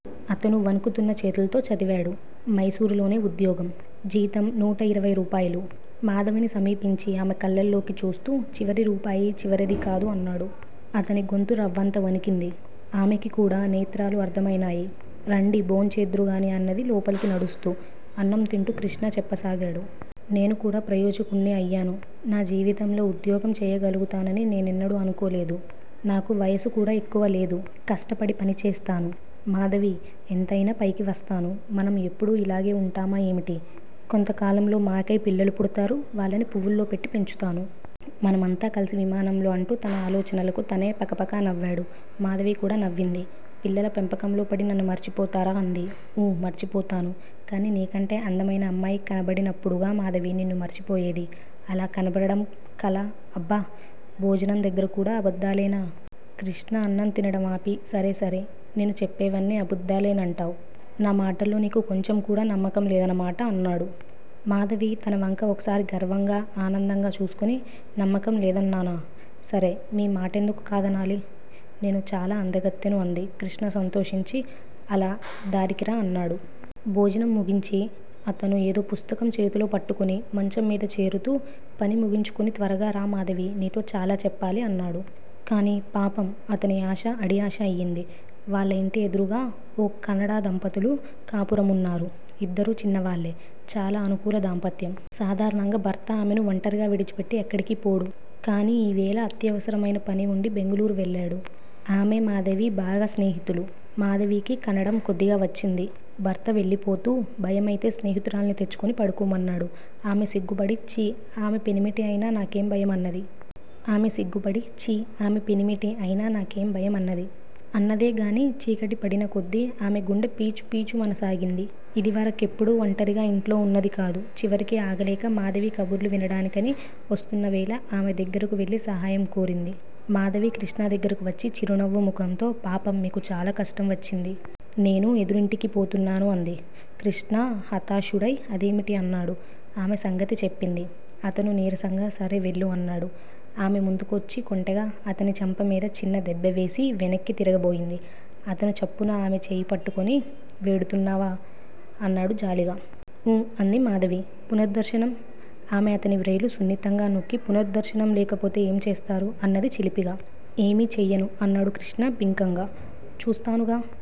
అతను వణుకుతున్న చేతుల్తో చదివాడు. మైసూరులోనే ఉద్యోగం. జీతం నూటయిరవై రూపాయలు. మాధవిని సమీపించి ఆమె కళ్ళలోకి చూస్తూ చివరి రూపాయి చివరిదికాదు అన్నాడు. అతనిగొంతు రవంత వణికింది. ఆమెకికూడా నేత్రాలు ఆర్ద్రమైనాయి. రండి భోంచేద్దురు గాని అన్నది, లోపలకు నడుస్తూ. అన్నం తింటూ కృష్ణ చెప్పసాగాడు. నేనుకూడా ప్రయోజకుడ్ని అయాను. నా జీవితంలో ఉద్యోగం చెయ్యగలుగుతానని నేనెన్నడూ అనుకోలేదు. నాకు వయస్సు కూడా ఎక్కువలేదు. కష్టపడి పని చేస్తాను. మాధవీ! ఎంతయినా పైకి వస్తాను. మనం ఎప్పుడూ యిలాగే వుంటామా ఏమిటి? కొంతకాలంలో మాకై పిల్లలు పుడతారు. వాళ్ళని పువ్వుల్లో పెట్టి పెంచుతాను. మనమంతా కలిసి విమానంలో అంటూ తన ఆలోచనలకు తనే పకపక నవ్వాడు. మాధవికూడా నవ్వింది. పిల్లల పెంపకంలో పడి నన్ను మరచిపోతారా? అంది. ఊ, మరచిపోతాను. కాని నీకంటే అందమైన అమ్మాయి కనబడి నప్పుడుగా మాధవీ నిన్ను మరచిపోయేది. అలా కనబడటం కల! అబ్బ! భోజనందగ్గరకూడా అబద్దాలేనా? కృష్ణ అన్నంతినటం ఆపి సరే సరే, నేను చెప్పేవన్నీ అబద్దాలేనంటావ్. నామాటల్లో నీకు కొంచెంకూడా నమ్మకం లేదన్నమాట అన్నాడు. మాధవి తనవంక ఒకసారి గర్వంగా, ఆనందంగా చూసుకుని నమ్మకం లేదన్నానా? సరే మీ మాటెందుకు కాదనాలి? నేను చాలా అందగత్తెను అంది. కృష్ణ సంతోషించి అలా దారికిరా అన్నాడు. భోజనం ముగించి అతను ఏదో పుస్తకం చేతిలో పట్టుకుని మంచం మీద చేరుతూ పని ముగించుకుని త్వరగా రా మాధవీ! నీతో చాలాచెప్పాలి అన్నాడు. కానీ పాపం అతని ఆశ అడియాశ అయింది. వాళ్ళ యింటి ఎదురుగా ఓ కన్నడదంపతులు కాపురమున్నారు. ఇద్దరూ చిన్నవాళ్ళే. చాలా అనుకూల దాంపత్యం. సాధారణంగా భర్త ఆమెను ఒంటరిగా విడిచిపెట్టి ఎక్కడికీ పోడు. కానీ ఈవేళ అత్యవసరమైన పనివుండి బెంగుళూరు వెళ్ళాడు. ఆమె, మాధవీ బాగా స్నేహితులు. మాధవికి కన్నడం కొద్దిగా వచ్చింది. భర్త వెళ్ళిపోతూ భయమైతే స్నేహితురాల్ని తెచ్చుకుని పడుకోమన్నాడు. ఆమె సిగ్గుపడి, ఛీ, ఆమె పెనిమిటి అయినా నాకేం భయం అన్నది. ఆమె సిగ్గుపడి, ఛీ ఆమె పెనిమిటి అయినా నాకేం భయం అన్నది. అన్నదేగానీ చీకటిపడినకొద్దీ ఆమె గుండె పీచుపీచుమనసాగింది. ఇదివరకెప్పుడూ ఒంటరిగా యింట్లో వున్నదికాదు. చివరికి ఆగలేక మాధవి కబుర్లు వినడానికని వస్తున్నవేళ ఆమె దగ్గరకు వెళ్ళి సహాయం కోరింది. మాధవి కృష్ణదగ్గరకు వచ్చి చిరునవ్వు ముఖంతో పాపం మీకు చాలా కష్టం వచ్చింది. నేను ఎదురింటికీ పోతున్నాను అంది. కృష్ణ హతాశుడై అదేమిటి? అన్నాడు. ఆమె సంగతి చెప్పింది. అతను నీరసంగా సరే, వెళ్ళు అన్నాడు. ఆమె ముందుకొచ్చి కొంటెగా అతని చెంపమీద చిన్న దెబ్బవేసి వెనక్కి తిరగబోయింది. అతను చప్పున ఆమె చెయ్యి పట్టుకుని వెడుతున్నావా? అన్నాడు జాలిగా. ఊ అంది మాధవి. పునద్దర్సనం? ఆమె అతని వ్రేళ్ళు సున్నితంగా నొక్కి పునద్దర్సనం లేకపోతే ఏం చేస్తారు? అన్నది చిలిపిగా. ఏమీ చెయ్యను అన్నాడు కృష్ణ బింకంగా. చూస్తానుగా